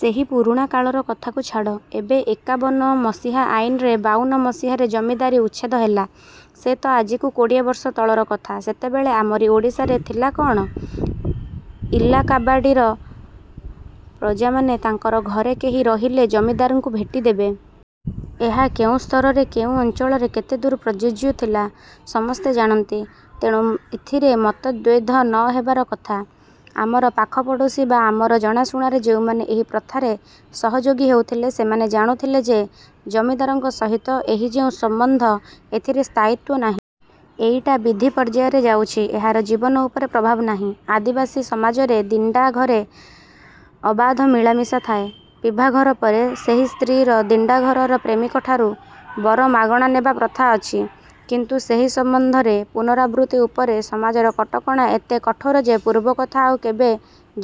ସେହି ପୁରୁଣା କାଳର କଥାକୁ ଛାଡ଼। ଏବେ ଏକାବନ ମସିହା ଆଇନରେ ବାଉନ ମସିହାରେ ଜମିଦାରୀ ଉଚ୍ଛେଦ ହେଲା। ସେ ତ ଆଜିକୁ କୋଡ଼ିଏବର୍ଷ ତଳର କଥା। ସେତେବେଳେ ଆମରି ଓଡ଼ିଶାରେ ଥିଲା କ'ଣ? –ଇଲାକାବାଡ଼ିର ପ୍ରଜାମାନେ ତାଙ୍କର ଘରେ କେହି ରହିଲେ ଜମିଦାରଙ୍କୁ ଭେଟି ଦେବେ। ଏହା କେଉଁ ସ୍ତରରେ କେଉଁ ଅଞ୍ଚଳରେ କେତେ ଦୂର ପ୍ରଯୁଯ୍ୟ ଥିଲା–ସମସ୍ତେ ଜାଣନ୍ତି। ତେଣୁ ଏଥିରେ ମତଦ୍ୱୈଧ ନ ହେବାର କଥା। ଆମର ପାଖପଡ଼ୋଶୀ ବା ଆମର ଜଣାଶୁଣାରେ ଯେଉଁମାନେ ଏହି ପ୍ରଥାରେ ସହଯୋଗୀ ହେଉଥିଲେ ସେମାନେ ଜାଣୁଥିଲେ ଯେ ଜମିଦାରଙ୍କ ସହିତ ଏହି ଯେଉଁ ସମ୍ୱନ୍ଧ–ଏଥିରେ ସ୍ଥାୟୀତ୍ୱ ନାହିଁ। ଏଇଟା ବିଧି ପର୍ଯ୍ୟାୟରେ ଯାଉଛି। ଏହାର ଜୀବନ ଉପରେ ପ୍ରଭାବ ନାହିଁ। ଆଦିବାସୀ ସମାଜରେ ଦିଣ୍ତା ଘରେ ଅବାଧ ମିଳାମିଶା ଥାଏ। ବିଭାଘର ପରେ ସେହି ସ୍ତ୍ରୀ'ର ଦିଣ୍ତାଘରର ପ୍ରେମିକଠାରୁ ବର ମାଗଣ ନେବା ପ୍ରଥା ଅଛି। କିନ୍ତୁ ସେହି ସମ୍ୱନ୍ଧର ପୁନରାବୃତ୍ତି ଉପରେ ସମାଜର କଟକଣା ଏତେ କଠୋର ଯେ ପୂର୍ବକଥା ଆଉ କେବେ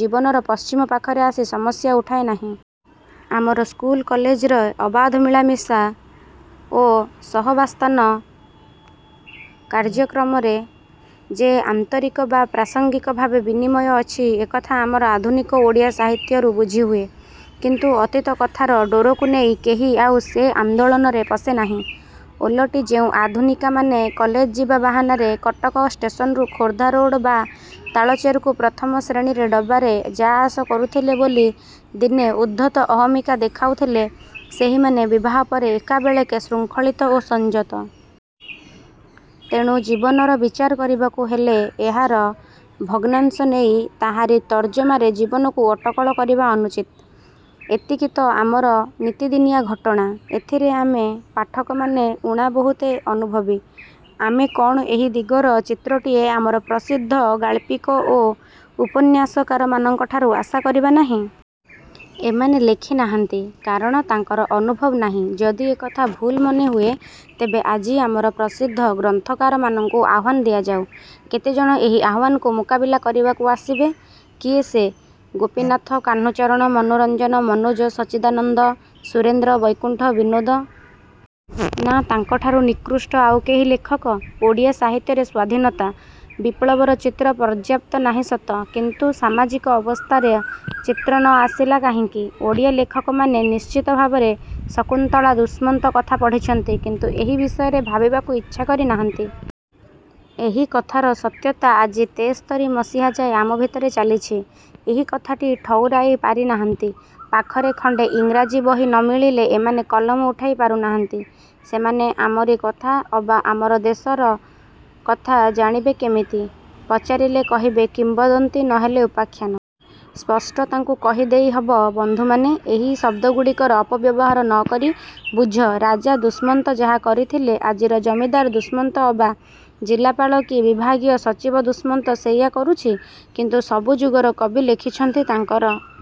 ଜୀବନର ପଶ୍ଚିମ ପାଖରେ ଆସି ସମସ୍ୟା ଉଠାଏ ନାହିଁ। ଆମର ସ୍କୁଲ କଲେଜର ଅବାଧ ମିଳାମିଶା ଓ ସହାବସ୍ଥାନ କାର୍ଯ୍ୟକ୍ରମରେ ଯେ ଆନ୍ତରିକ ବା ପ୍ରାସଙ୍ଗିକ ଭାବ ବିନିମୟ ଅଛି ଏକଥା ଆମର ଆଧୁନିକ ଓଡ଼ିଆ ସାହିତ୍ୟରୁ ବୁଝିହୁଏ-। କିନ୍ତୁ ଅତୀତ କଥାର ଡୋରକୁ ନେଇ କେହି ଆଉ ସେ ଆନ୍ଦୋଳନରେ ପଶେ ନାହିଁ-। ଓଲଟି ଯେଉଁ ଆଧୁନିକାମାନେ କଲେଜ ଯିବା ବାହାନାରେ କଟକ ଷ୍ଟେସନରୁ ଖୋର୍ଦ୍ଧାରୋଡ଼ ବା ତାଳଚେରକୁ ପ୍ରଥମ ଶ୍ରେଣୀରେ ଡବାରେ ଯାଆସ କରୁଥିଲେ ବୋଲି ଦିନେ ଉଦ୍ଧତ ଅହମିକା ଦେଖାଉଥିଲେ ସେହିମାନେ ବିବାହ ପରେ ଏକାବେଳେକେ ଶୃଙ୍ଖଳିତ ଓ ସଂଯତ। ତେଣୁ ଜୀବନର ବିଚାର କରିବାକୁ ହେଲେ ଏହାର ଭଗ୍ନାଂଶ ନେଇ ତାହାରି ତର୍ଜମାରେ ଜୀବନକୁ ଅଟକଳ କରିବା ଅନୁଚିତ୍। ଏତିକି ତ ଆମର ନିତିଦିନିଆ ଘଟଣା–ଏଥିରେ ଆମେ ପାଠକମାନେ ଊଣା ବହୁତେ ଅନୁଭବୀ। ଆମେ କ'ଣ ଏହି ଦିଗର ଚିତ୍ରଟିଏ ଆମର ପ୍ରସିଦ୍ଧ ଗାଳ୍ପିକ ଓ ଉପନ୍ୟାସକାରମାନଙ୍କଠାରୁ ଆଶା କରିବା ନାହିଁ? ଏମାନେ ଲେଖି ନାହାନ୍ତି। କାରଣ ତାଙ୍କର ଅନୁଭବ ନାହିଁ। ଯଦି ଏକଥା ଭୁଲ୍ ମନେହୁଏ ତେବେ ଆଜି ଆମର ପ୍ରସିଦ୍ଧ ଗ୍ରନ୍ଥକାରମାନଙ୍କୁ ଆହ୍ୱାନ ଦିଆଯାଉ–କେତେ ଜଣ ଏହି ଆହ୍ୱାନକୁ ମୁକାବିଲା କରିବାକୁ ଆସିବେ? କିଏ ସେ–ଗୋପୀନାଥ, କାହ୍ନୁଚରଣ, ମନୋରଞ୍ଜନ, ମନୋଜ, ସଚ୍ଚିଦାନନ୍ଦ, ସୁରେନ୍ଦ୍ର, ବୈକୁଣ୍ଠ, ବିନୋଦ? ନା, ତାଙ୍କଠାରୁ ନିକୃଷ୍ଟ ଆଉ କେହି ଲେଖକ? ଓଡ଼ିଆ ସାହିତ୍ୟରେ ସ୍ୱାଧୀନତା–ବିପ୍ଳବର ଚିତ୍ର ପର୍ଯ୍ୟାପ୍ତ ନାହିଁ ସତ। କିନ୍ତୁ ସାମାଜିକ ଅବସ୍ଥାର ଚିତ୍ର ନ ଆସିଲା କାହିଁକି? ଓଡ଼ିଆ ଲେଖକମାନେ ନିଶ୍ଚିତ ଭାବରେ ଶକୁନ୍ତଳା ଦୁଷ୍ମନ୍ତ କଥା ପଢ଼ିଛନ୍ତି। କିନ୍ତୁ ଏହି ବିଷୟରେ ଭାବିବାକୁ ଇଚ୍ଛା କରି ନାହାନ୍ତି। ଏହି କଥାର ସତ୍ୟତା ଆଜି ତେସ୍ତରୀ ମସିହାଯାଏ ଆମ ଭିତରେ ଚାଲିଛି–ଏହି କଥାଟି ଠଉରାଇ ପାରିନାହାନ୍ତି। ପାଖରେ ଖଣ୍ତେ ଇଂରାଜି ବହି ନ ମିଳିଲେ ଏମାନେ କଲମ ଉଠାଇ ପାରୁନାହାନ୍ତି। ସେମାନେ ଆମରି କଥା ଅବା ଆମର ଦେଶର କଥା ଜାଣିବେ କେମିତି? ପଚାରିଲେ କହିବେ କିମ୍ୱଦନ୍ତୀ ନ ହେଲେ ଉପାଖ୍ୟାନ। ସ୍ପଷ୍ଟ ତାଙ୍କୁ କହି ଦେଇ ହବ–ବନ୍ଧୁମାନେ, ଏଇ ଶଦ୍ଦଗୁଡ଼ିକର ଅପବ୍ୟବହାର ନ କରି ବୁଝ ରାଜା ଦୁଷ୍ମନ୍ତ ଯାହା କରିଥିଲେ ଆଜିର ଜମିଦାର ଦୁଷ୍ମନ୍ତ ଅବା ଜିଲାପାଳ କି ବିଭାଗୀୟ ସଚିବ ଦୁଷ୍ମନ୍ତ ସେଇଆ କରୁଛି। କିନ୍ତୁ ସବୁଜଯୁଗର କବି ଲେଖିଛନ୍ତି ତାଙ୍କର